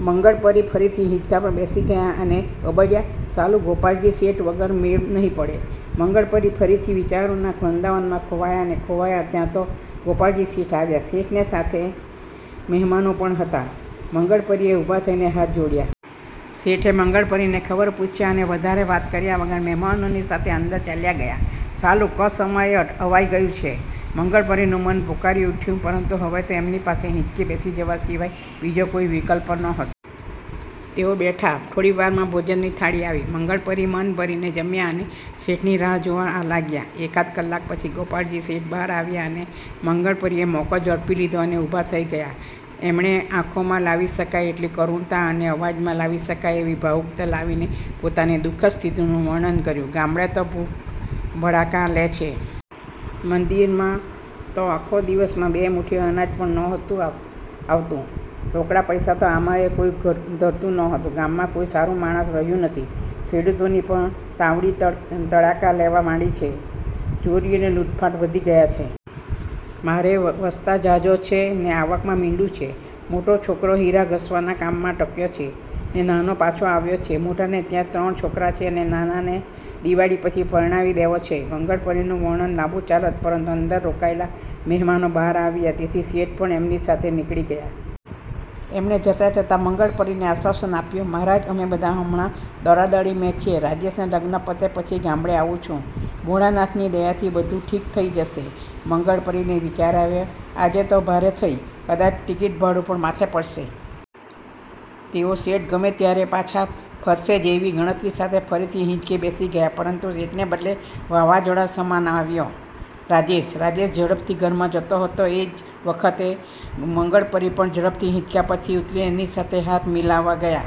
મંગળપરી ફરીથી હીંચકા પર બેસી ગયા અને બબડ્યા,"સાલું, ગોપાળજી શેઠ વગર મેળ નહિ પડે." મંગળપરી ફરીથી વિચારોના વૃંદાવનમાં ખોવાયા ને ખોવાયા ત્યાં તો ગોપાળજી શેઠ આવ્યા. શેઠની સાથે મહેમાનો પણ હતા. મંગળપરીએ ઊભા થઈને હાથ જોડ્યા. શેઠે મંગળપરીને ખબર પૂછ્યા અને વધારે વાત કર્યા વગર મહેમાનોની સાથે અંદર ચાલ્યા ગયા. "સાલું, કસમયે અવાઈ ગયું છે." મંગળપરીનું મન પોકારી ઊઠ્યું, પરંતુ હવે તો એમની પાસે હીંચકે બેસી જવા સિવાય બીજો કોઈ વિકલ્પ નહોતો. તેઓ બેઠા. થોડી વારમાં ભોજનની થાળી આવી. મંગળપરી મન ભરીને જમ્યા અને શેઠની રાહ જોવા લાગ્યા. એકાદ કલાક પછી ગોપાળજી શેઠ બહાર આવ્યા અને મંગળપરીએ મોકો ઝડપી લીધો અને ઊભા થઈ ગયા. એમણે આંખોમાં લાવી શકાય એટલી કરુણતા અને અવાજમાં લાવી શકાય એટલી ભાવુકતા લાવીને પોતાની દુખદ સ્થિતિનું વર્ણન કર્યું-"ગામડે તો ભૂખ ભડાકા લે છે. મંદિરમાં તો આખા દિવસમાં બે મૂઠી અનાજ પણ આવતું નથી. રોકડા પૈસા તો આમેય કોઈ ધરતું નહોતું. ગામમાં કોઈ સારું માણસ રહ્યું નથી. ખેડૂતોની પણ તાવડી તડાકા લેવા માંડી છે. ચોરી અને લૂંટફાટ વધી ગયાં છે. મારે વસ્તાર ઝાઝો છે ને આવકમાં મીંડું છે. મોટો છોકરો હીરા ઘસવાના કામમાં ટક્યો છે, ને નાનો પાછો આવ્યો છે. મોટાને ત્યાં ત્રણ છોકરાં છે, ને નાનાને દીવાળી પછી પરણાવી દેવો છે." મંગળપરીનું વર્ણન લાંબુ ચાલત, પરંતુ અંદર રોકાયેલા મહેમાનો બહાર આવ્યા તેથી શેઠ પણ એમની સાથે નીકળી ગયા. એમણે જતાં-જતાં મંગળપરીને આશ્વાસન આપ્યું- "મહારાજ, અમે બધાં હમણા દોડાદોડીમાં છીએ, રાજેશનાં લગ્ન પતે પછી ગામડે આવું છું. ભોળાનાથની દયાથી બધું ઠીક થઈ જશે." મંગળપરીને વિચાર આવ્યો,"આજ તો ભારે થઈ. કદાચ ટિકિટભાડું પણ માથે પડશે." તેઓ શેઠ ગમે ત્યારે પાછા ફરશે જ એવી ગણતરી સાથે ફરીથી હીંચકે બેસી ગયા. પરંતુ શેઠના બદલે વાવાઝોડા સમાન આવ્યો રાજેશ. રાજેશ ઝડપથી ઘરમાં જતો હતો એ જ વખતે-વખતે મંગળપરી પણ ઝડપથી હીંચકા પરથી ઊતરીને એની સાથે હાથ મિલાવવા ગયા.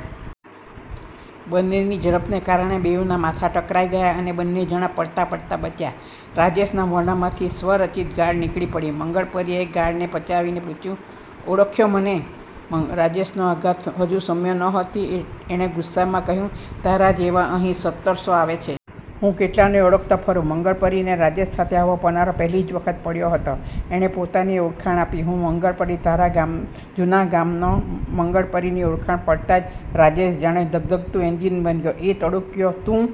બંનેની ઝડપના કારણે બેઉનાં માથાં ટકરાઈ ગયાં, અને બંને જણા પડતાં-પડતાં બચ્યા. રાજેશના મોઢામાંથી સ્વરચિત ગાળ નીકળી પડી. મંગળપરીએ ગાળને પચાવીને પૂછ્યું-"ઓળખ્યો મને?" રાજેશનો આઘાત હજી શમ્યો નહોતો. એણે ગુસ્સામાં કહ્યું-"તારા જેવા અહીં સત્તરસો આવે છે. હું કેટલાને ઓળખતો ફરું?" મંગળપરીને રાજેશ સાથે આવો પનારો પહેલી વખત જ પડ્યો હતો. એણે પોતાની ઓળખાણ આપી-"હું મંગળપરી. તમારા જૂના ગામનો." મંગળપરીની ઓળખાણ પડતાં જ રાજેશ જાણે ધગધગતું એન્જિન બની ગયો. એ તાડૂક્યો, "તું